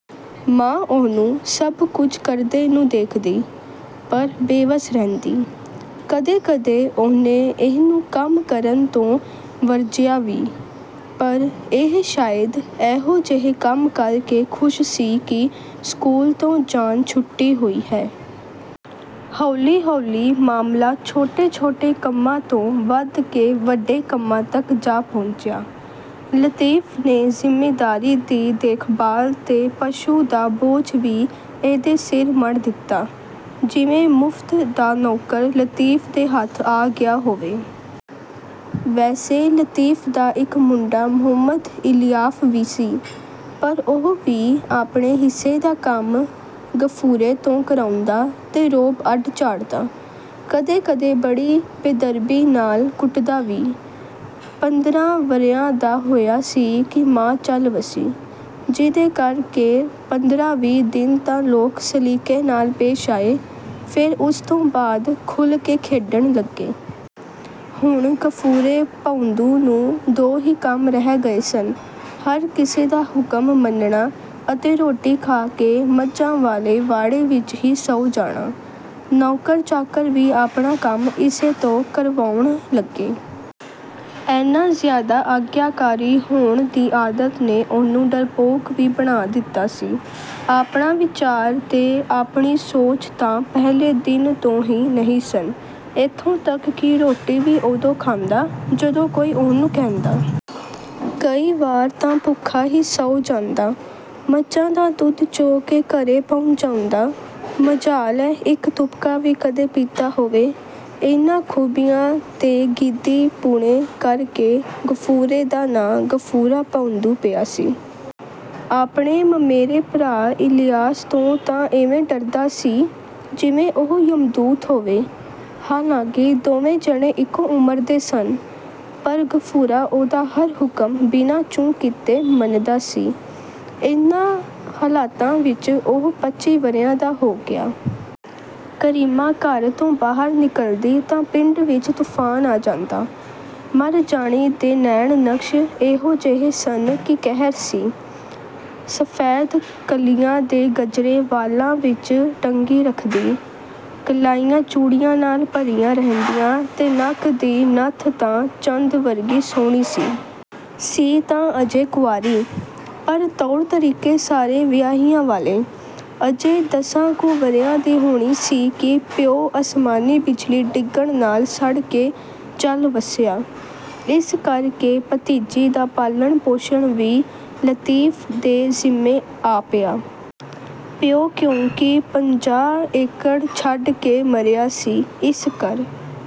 ਮਾਂ ਉਹਨੂੰ ਸਭ ਕੁਝ ਕਰਦੇ ਨੂੰ ਦੇਖਦੀ, ਪਰ ਬੇਵਸ ਰਹਿੰਦੀ। ਕਦੇ-ਕਦੇ ਉਹਨੇ ਇਹਨੂੰ ਕੰਮ ਕਰਨ ਤੋਂ ਵਰਜਿਆ ਵੀ, ਪਰ ਇਹ ਸ਼ਾਇਦ ਐਹੋ ਜਿਹੇ ਕੰਮ ਕਰ ਕੇ ਖੁਸ਼ ਸੀ ਕਿ ਸਕੂਲ ਤੋਂ ਜਾਨ ਛੁੱਟੀ ਹੋਈ ਹੈ। ਹੌਲੀ-ਹੌਲੀ ਮਾਮਲਾ ਛੋਟੇ-ਛੋਟੇ ਕੰਮਾਂ ਤੋਂ ਵਧ ਕੇ ਵੱਡੇ ਕੰਮਾਂ ਤੱਕ ਜਾ ਪਹੁੰਚਿਆ। ਲਤੀਫ ਨੇ ਜ਼ਿਮੀਂਦਾਰੀ ਦੀ ਦੇਖਭਾਲ ਤੇ ਪਸ਼ੂ ਦਾ ਬੋਝ ਵੀ ਇਹਦੇ ਸਿਰ ਮੜ੍ਹ ਦਿੱਤਾ, ਜਿਵੇਂ ਮੁਫ਼ਤ ਦਾ ਨੌਕਰ ਲਤੀਫ ਦੇ ਹੱਥ ਆ ਗਿਆ ਹੋਵੇ। ਵੈਸੇ ਲਤੀਫ ਦਾ ਇੱਕ ਮੁੰਡਾ ਮੁਹੰਮਦ ਇਲਿਆਸ ਵੀ ਸੀ, ਪਰ ਉਹ ਵੀ ਆਪਣੇ ਹਿੱਸੇ ਦਾ ਕੰਮ ਗਫੂਰੇ ਤੋਂ ਕਰਵਾਉਂਦਾ ਤੇ ਰੋਅਬ ਅੱਡ ਝਾੜਦਾ। ਕਦੇ-ਕਦੇ ਬੜੀ ਬੇਦਰਦੀ ਨਾਲ ਕੁੱਟਦਾ ਵੀ। ਪੰਦਰਾਂ ਵਰ੍ਹਿਆਂ ਦਾ ਹੋਇਆ ਸੀ ਕਿ ਮਾਂ ਚੱਲ ਵਸੀ, ਜਿਹਦੇ ਕਰ ਕੇ ਪੰਦਰਾਂ-ਵੀਹ ਦਿਨ ਤਾਂ ਲੋਕ ਸਲੀਕੇ ਨਾਲ ਪੇਸ਼ ਆਏ, ਫੇਰ ਉਸ ਤੋਂ ਬਾਅਦ ਖੁੱਲ੍ਹ ਕੇ ਖੇਡਣ ਲੱਗੇ। ਹੁਣ ਗਫੂਰੇ ਭੌਂਦੂ ਨੂੰ ਦੋ ਹੀ ਕੰਮ ਰਹਿ ਗਏ ਸਨ—ਹਰ ਕਿਸੇ ਦਾ ਹੁਕਮ ਮੰਨਣਾ ਅਤੇ ਰੋਟੀ ਖਾ ਕੇ ਮੱਝਾਂ ਵਾਲੇ ਵਾੜੇ ਵਿਚ ਹੀ ਸੌਂ ਜਾਣਾ। ਨੌਕਰ-ਚਾਕਰ ਵੀ ਆਪਣਾ ਕੰਮ ਇਸੇ ਤੋਂ ਕਰਵਾਉਣ ਲੱਗੇ। ਐਨਾ ਜ਼ਿਆਦਾ ਆਗਿਆਕਾਰੀ ਹੋਣ ਦੀ ਆਦਤ ਨੇ ਉਹਨੂੰ ਡਰਪੋਕ ਵੀ ਬਣਾ ਦਿੱਤਾ ਸੀ। ਆਪਣਾ ਵਿਚਾਰ ਤੇ ਆਪਣੀ ਸੋਚ ਤਾਂ ਪਹਿਲੇ ਦਿਨ ਤੋਂ ਹੀ ਨਹੀਂ ਸਨ। ਏਥੋਂ ਤੱਕ ਕਿ ਰੋਟੀ ਵੀ ਉਦੋਂ ਖਾਂਦਾ, ਜਦੋਂ ਕੋਈ ਉਹਨੂੰ ਕਹਿੰਦਾ। ਕਈ ਵਾਰ ਤਾਂ ਭੁੱਖਾ ਹੀ ਸੌਂ ਜਾਂਦਾ। ਮੱਝਾਂ ਦਾ ਦੁੱਧ ਚੋ ਕੇ ਘਰੇ ਪਹੁੰਚਾਉਂਦਾ। ਮਜਾਲ ਐ, ਇੱਕ ਤੁਪਕਾ ਵੀ ਕਦੇ ਪੀਤਾ ਹੋਵੇ। ਇਨ੍ਹਾਂ ਖੂਬੀਆਂ ਤੇ ਗੀਦੀਪੁਣੇ ਕਰ ਕੇ ਗਫੂਰੇ ਦਾ ਨਾਂ ਗਫੂਰਾ ਭੌਂਦੂ ਪਿਆ ਸੀ। ਆਪਣੇ ਮਮੇਰੇ ਭਰਾ ਇਲਿਆਸ ਤੋਂ ਤਾਂ ਇਵੇਂ ਡਰਦਾ ਸੀ, ਜਿਵੇਂ ਉਹ ਯਮਦੂਤ ਹੋਵੇ। ਹਾਲਾਂਕਿ ਦੋਵੇਂ ਜਣੇ ਇੱਕੋ ਉਮਰ ਦੇ ਸਨ, ਪਰ ਗਫੂਰਾ ਉਹਦਾ ਹਰ ਹੁਕਮ ਬਿਨਾ ਚੂੰ ਕੀਤੇ ਮੰਨਦਾ ਸੀ। ਇਨ੍ਹਾਂ ਹਾਲਾਤ ਵਿਚ ਉਹ ਪੱਚੀ ਵਰ੍ਹਿਆਂ ਦਾ ਹੋ ਗਿਆ। ਕਰੀਮਾਂ ਘਰ ਤੋਂ ਬਾਹਰ ਨਿਕਲਦੀ ਤਾਂ ਪਿੰਡ ਵਿਚ ਤੂਫ਼ਾਨ ਆ ਜਾਂਦਾ। ਮਰ ਜਾਣੀ ਦੇ ਨੈਣ-ਨਕਸ਼ ਇਹੋ ਜਿਹੇ ਸਨ ਕਿ ਕਹਿਰ ਸੀ। ਸਫ਼ੈਦ ਕਲੀਆਂ ਦੇ ਗਜਰੇ ਵਾਲਾਂ ਵਿਚ ਟੰਗੀ ਰੱਖਦੀ, ਕਲਾਈਆਂ ਚੂੜੀਆਂ ਨਾਲ ਭਰੀਆਂ ਰਹਿੰਦੀਆਂ ਤੇ ਨੱਕ ਦੀ ਨੱਥ ਤਾਂ ਚੰਦ ਵਰਗੀ ਸੁਹਣੀ ਸੀ। ਸੀ ਤਾਂ ਅਜੇ ਕੁਆਰੀ, ਪਰ ਤੌਰ-ਤਰੀਕੇ ਸਾਰੇ ਵਿਆਹੀਆਂ ਵਾਲੇ। ਅਜੇ ਦਸਾਂ ਕੁ ਵਰ੍ਹਿਆਂ ਦੀ ਹੋਣੀ ਸੀ ਕਿ ਪਿਉ ਅਸਮਾਨੀ ਬਿਜਲੀ ਡਿੱਗਣ ਨਾਲ ਸੜ ਕੇ ਚੱਲ ਵਸਿਆ। ਇਸ ਕਰ ਕੇ ਭਤੀਜੀ ਦਾ ਪਾਲਣ-ਪੋਸ਼ਣ ਵੀ ਲਤੀਫ ਦੇ ਜ਼ਿੰਮੇ ਆ ਪਿਆ। ਪਿਉ, ਕਿਉਂਕਿ ਪੰਜਾਹ ਏਕੜ ਛੱਡ ਕੇ ਮਰਿਆ ਸੀ, ਇਸ ਕਰ...